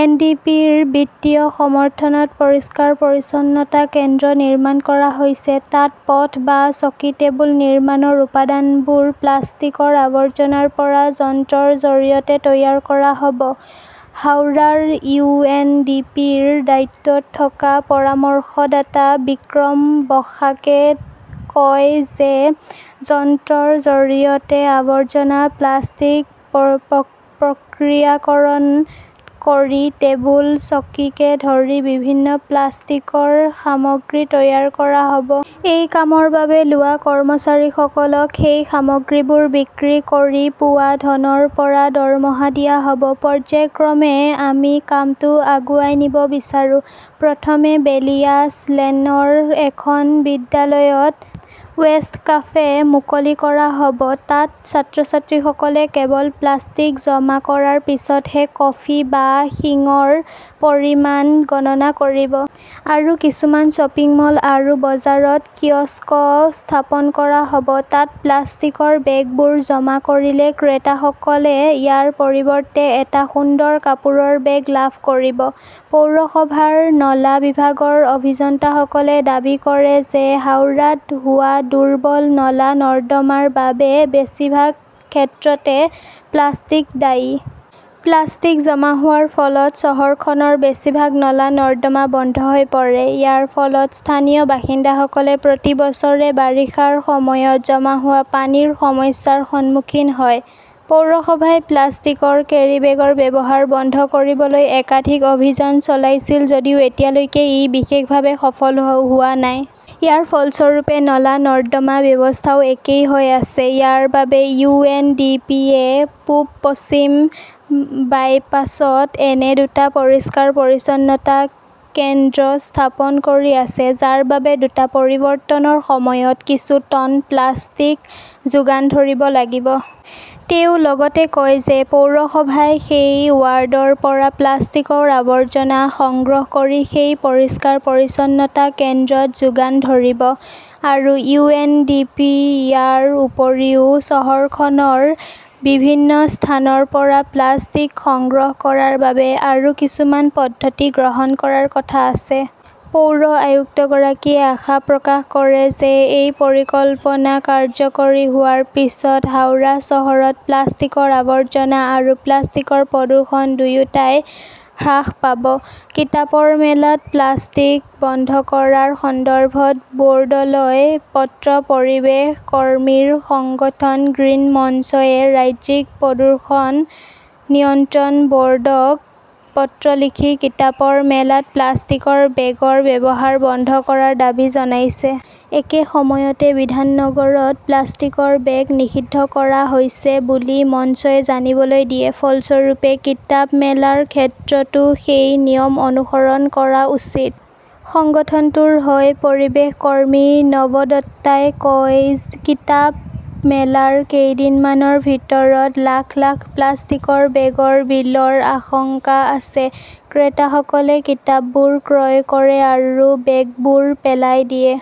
N. D. P. ৰ বিত্তীয় সমৰ্থনত পৰিষ্কাৰ-পৰিচ্ছন্নতা কেন্দ্ৰ নিৰ্মাণ কৰা হৈছে। তাত পথ বা চকী-টেবুল নিৰ্মাণৰ উপাদানবোৰ প্লাষ্টিকৰ আৱৰ্জনাৰ পৰা যন্ত্ৰৰ জৰিয়তে তৈয়াৰ কৰা হ 'ব। হাওড়াৰ ইউ. এন. ডি. পি. -ৰ দায়িত্বত থকা পৰামৰ্শদাতা বিক্ৰম বসাকে কয় যে যন্ত্ৰৰ জৰিয়তে আৱৰ্জনা প্লাষ্টিক প্ৰক্ৰিয়াকৰণ কৰি টেবুল, চকীকে ধৰি বিভিন্ন প্লাষ্টিকৰ সামগ্ৰী তৈয়াৰ কৰা হ'ব। এই কামৰ বাবে লোৱা কৰ্মচাৰীসকলক সেই সামগ্ৰীবোৰ বিক্ৰী কৰি পোৱা ধনৰ পৰা দৰমহা দিয়া হ'ব। পৰ্য্যায়ক্ৰমে আমি কামটো আগুৱাই নিব বিচাৰো। প্ৰথমে বেলিয়াছ লেনৰ এখন বিদ্যালয়ত ৱেষ্ট কাফে মুকলি কৰা হ'ব। তাত ছাত্ৰ-ছাত্ৰীসকলে কেৱল প্লাষ্টিক জমা কৰাৰ পিছতহে কফি বা শিঙৰ পৰিমাণ গণনা কৰিব। আৰু কিছুমান শ্বপিং মল আৰু বজাৰত কিয়স্ক স্থাপন কৰা হ'ব। তাত প্লাষ্টিকৰ বেগবোৰ জমা কৰিলে ক্ৰেতাসকলে ইয়াৰ পৰিৱৰ্তে এটা সুন্দৰ কাপোৰৰ বেগ লাভ কৰিব। পৌৰসভাৰ নলা বিভাগৰ অভিযন্তাসকলে দাবী কৰে যে হাওৰাত হোৱা দুৰ্বল নলা-নৰ্দমাৰ বাবে বেছিভাগ ক্ষেত্ৰতে প্লাষ্টিক দায়ী। প্লাষ্টিক জমা হোৱাৰ ফলত চহৰখনৰ বেছিভাগ নলা-নৰ্দমা বন্ধ হৈ পৰে। ইয়াৰ ফলত স্থানীয় বাসিন্দাসকলে প্ৰতি বছৰে বাৰিষাৰ সময়ত জমা হোৱা পানীৰ সমস্যাৰ সন্মুখীন হয়। পৌৰসভাই প্লাষ্টিকৰ কেৰিবেগৰ ব্যৱহাৰ বন্ধ কৰিবলৈ একাধিক অভিযান চলাইছিল যদিও এতিয়ালৈকে ই বিশেষভাৱে সফল হোৱা নাই। ইয়াৰ ফলস্বৰূপে নলা-নৰ্দমা ব্যৱস্থাও একেই হৈ আছে। ইয়াৰ বাবে ইউ. এন. ডি. পি. -য়ে পূব-পশ্চিম বাইপাছত এনে দুটা পৰিষ্কাৰ-পৰিচ্ছন্নতা কেন্দ্ৰ স্থাপন কৰি আছে, যাৰ বাবে দুটা পৰিৱৰ্তনৰ সময়ত কিছু টন প্লাষ্টিক যোগান ধৰিব লাগিব। তেওঁ লগতে কয় যে পৌৰসভাই সেই ৱাৰ্ডৰ পৰা প্লাষ্টিকৰ আৱৰ্জনা সংগ্ৰহ কৰি সেই পৰিষ্কাৰ-পৰিচ্ছন্নতা কেন্দ্ৰত যোগান ধৰিব। আৰু ইউ. এন. ডি. পি. ইয়াৰ উপৰিও, চহৰখনৰ বিভিন্ন স্থানৰ পৰা প্লাষ্টিক সংগ্ৰহ কৰাৰ বাবে আৰু কিছুমান পদ্ধতি গ্ৰহণ কৰাৰ কথা আছে। পৌৰ আয়ুক্তগৰাকীয়ে আশা প্ৰকাশ কৰে যে এই পৰিকল্পনা কাৰ্যকৰী হোৱাৰ পিছত হাওৰা চহৰত প্লাষ্টিকৰ আৱৰ্জনা আৰু প্লাষ্টিকৰ প্ৰদূষণ দুয়োটাই হ্ৰাস পাব। কিতাপৰ মেলাত প্লাষ্টিক বন্ধ কৰাৰ সন্দৰ্ভত বোৰ্ডলৈ পত্ৰ পৰিৱেশ কৰ্মীৰ সংগঠন গ্ৰীণ মঞ্চ এ ৰাজ্যিক প্ৰদূষণ নিয়ন্ত্ৰণ বৰ্ডক পত্ৰ লিখি কিতাপৰ মেলাত প্লাষ্টিকৰ বেগৰ ব্যৱহাৰ বন্ধ কৰাৰ দাবী জনাইছে। একে সময়তে বিধাননগৰত প্লাষ্টিকৰ বেগ নিষিদ্ধ কৰা হৈছে বুলি মঞ্চই জানিবলৈ দিয়ে। ফলস্বৰূপে, কিতাপ মেলাৰ ক্ষেত্ৰতো সেই নিয়ম অনুসৰণ কৰা উচিত। সংগঠনটোৰ হৈ পৰিৱেশ কৰ্মী নৱদত্তাই কয় কিতাপ মেলাৰ কেইদিনমানৰ ভিতৰত লাখ -লাখ প্লাষ্টিকৰ বেগৰ বিলৰ আশংকা আছে। ক্ৰেতাসকলে কিতাপবোৰ ক্ৰয় কৰে আৰু বেগবোৰ পেলাই দিয়ে।